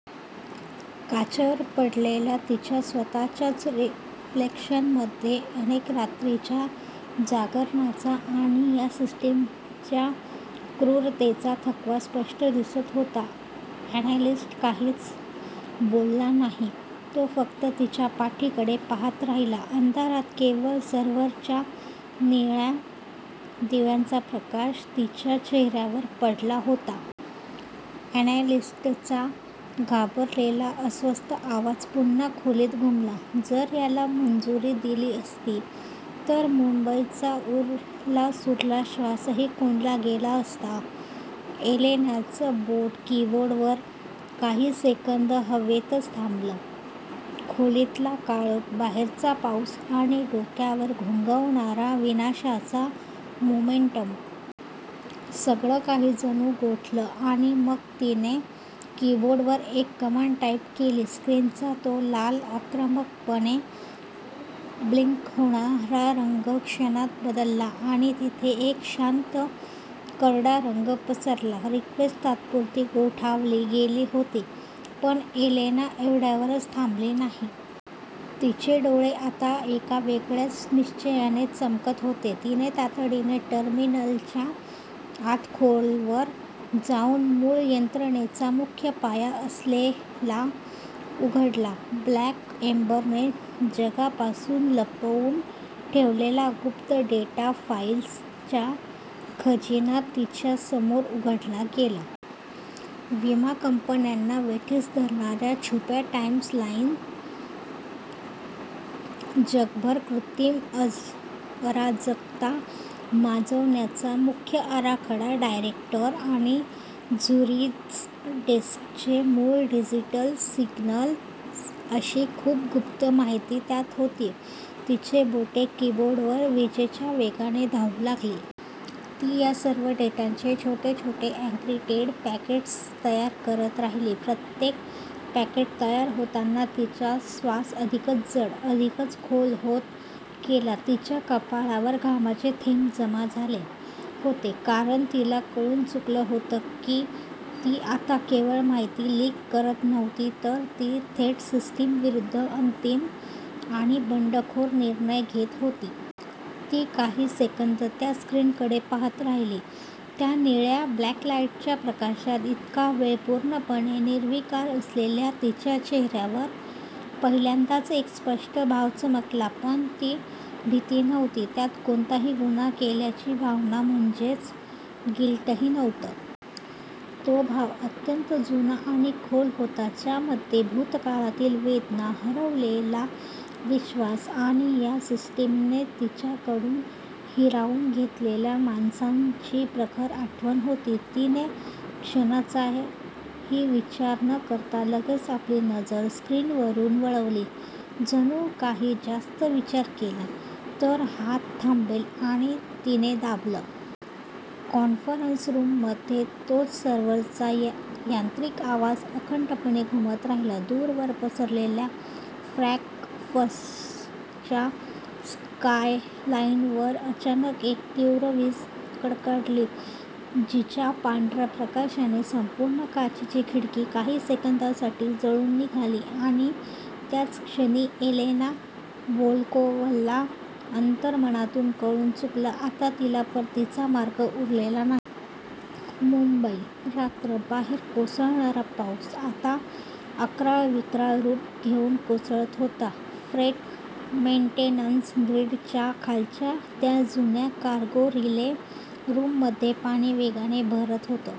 काचेवर पडलेल्या तिच्या स्वतःच्याच रिफ्लेक्शनमध्ये अनेक रात्रींच्या जागरणाचा आणि या सिस्टीमच्या क्रूरतेचा थकवा स्पष्ट दिसत होता. अनॅलिस्ट काहीच बोलला नाही, तो फक्त तिच्या पाठीकडे पाहत राहिला. अंधारात केवळ सर्व्हरच्या निळ्या दिव्यांचा प्रकाश तिच्या चेहऱ्यावर पडला होता. अनॅलिस्टचा घाबरलेला, अस्वस्थ आवाज पुन्हा खोलीत घुमला, जर याला मंजुरी दिली असती, तर मुंबईचा उरलासुरला श्वासही कोंडला गेला असता. एलेनाचं बोट कीबोर्डवर काही सेकंद हवेतच थांबलं. खोलीतला काळोख, बाहेरचा पाऊस आणि डोक्यावर घोंघावणारा विनाशाचा मोमेंटम. सगळं काही जणू गोठलं आणि मग, तिने कीबोर्डवर एक कमांड टाईप केली. स्क्रीनचा तो लाल, आक्रमकपणे ब्लिंक होणारा रंग क्षणात बदलला आणि तिथे एक शांत, करडा रंग पसरला. रिक्वेस्ट तात्पुरती गोठवली गेली होती, पण एलेना एवढ्यावरच थांबली नाही. तिचे डोळे आता एका वेगळ्याच निश्चयाने चमकत होते. तिने तातडीने टर्मिनलच्या आत खोलवर जाऊन मूळ यंत्रणेचा मुख्य पाया असलेला उघडला. 'ब्लॅक एम्बर'ने जगापासून लपवून ठेवलेला गुप्त डेटा फाईल्सचा खजिना तिच्या समोर उघडला गेला. विमा कंपन्यांना वेठीस धरणाऱ्या छुप्या टाईम लाईन्स, जगभर कृत्रिम अराजकता माजवण्याचा मुख्य आराखडा, डायरेक्टर आणि झुरिच डेस्कचे मूळ डिजिटल सिग्नल्स अशी खूप गुप्त माहिती त्यात होती. तिची बोटे कीबोर्डवर विजेच्या वेगाने धावू लागली. ती या सर्व डेटाचे छोटे छोटे एन्क्रिप्टेड पैकेट्स तयार करत राहिली. प्रत्येक पॅकेट तयार होताना तिचा श्वास अधिकच जड, अधिकच खोल होत गेला. तिच्या कपाळावर घामाचे थेंब जमा झाले होते. कारण, तिला कळून चुकलं होतं की ती आता केवळ माहिती लीक करत नव्हती तर ती थेट सिस्टीम विरुद्ध अंतिम आणि बंडखोर निर्णय घेत होती. ती काही सेकंद त्या स्क्रीनकडे पाहत राहिली. त्या निळ्या बॅकलाईटच्या प्रकाशात, इतका वेळ पूर्णपणे निर्विकार असलेल्या तिच्या चेहऱ्यावर पहिल्यांदाच एक स्पष्ट भाव चमकला. पण ती भीती नव्हती. त्यात कोणताही गुन्हा केल्याची भावना, म्हणजेच गिल्टही नव्हतं. तो भाव अत्यंत जुना आणि खोल होता ज्यामध्ये भूतकाळातील वेदना, हरवलेला विश्वास आणि या सिस्टीमने तिच्याकडून हिरावून घेतलेल्या माणसांची प्रखर आठवण होती. तिने क्षणाचाही विचार न करता लगेच आपली नजर स्क्रीनवरून वळवली जणू काही जास्त विचार केला, तर हात थांबेल आणि तिने दाबलं. कॉन्फरन्स रूममध्ये तोच सर्व्हरचा यांत्रिक आवाज अखंडपणे घुमत राहिला. दूरवर पसरलेल्या फ्रँकफर्टच्या स्कायलाईनवर अचानक एक तीव्र वीज कडकडली, जिच्या पांढऱ्या प्रकाशाने संपूर्ण काचेची खिडकी काही सेकंदांसाठी उजळून निघाली आणि त्याच क्षणी, एलेना व्होल्कोव्हला अंतर्मनातून कळून चुकलं आता तिला परतीचा मार्ग उरलेला नाही. मुंबई, रात्र. बाहेर कोसळणारा पाऊस आता अक्राळविक्राळ रूप घेऊन कोसळत होता. फ्रेट मेन्टेनन्स ग्रीडच्या खालच्या त्या जुन्या कार्गो रिले रूममध्ये पाणी वेगाने भरत होतं.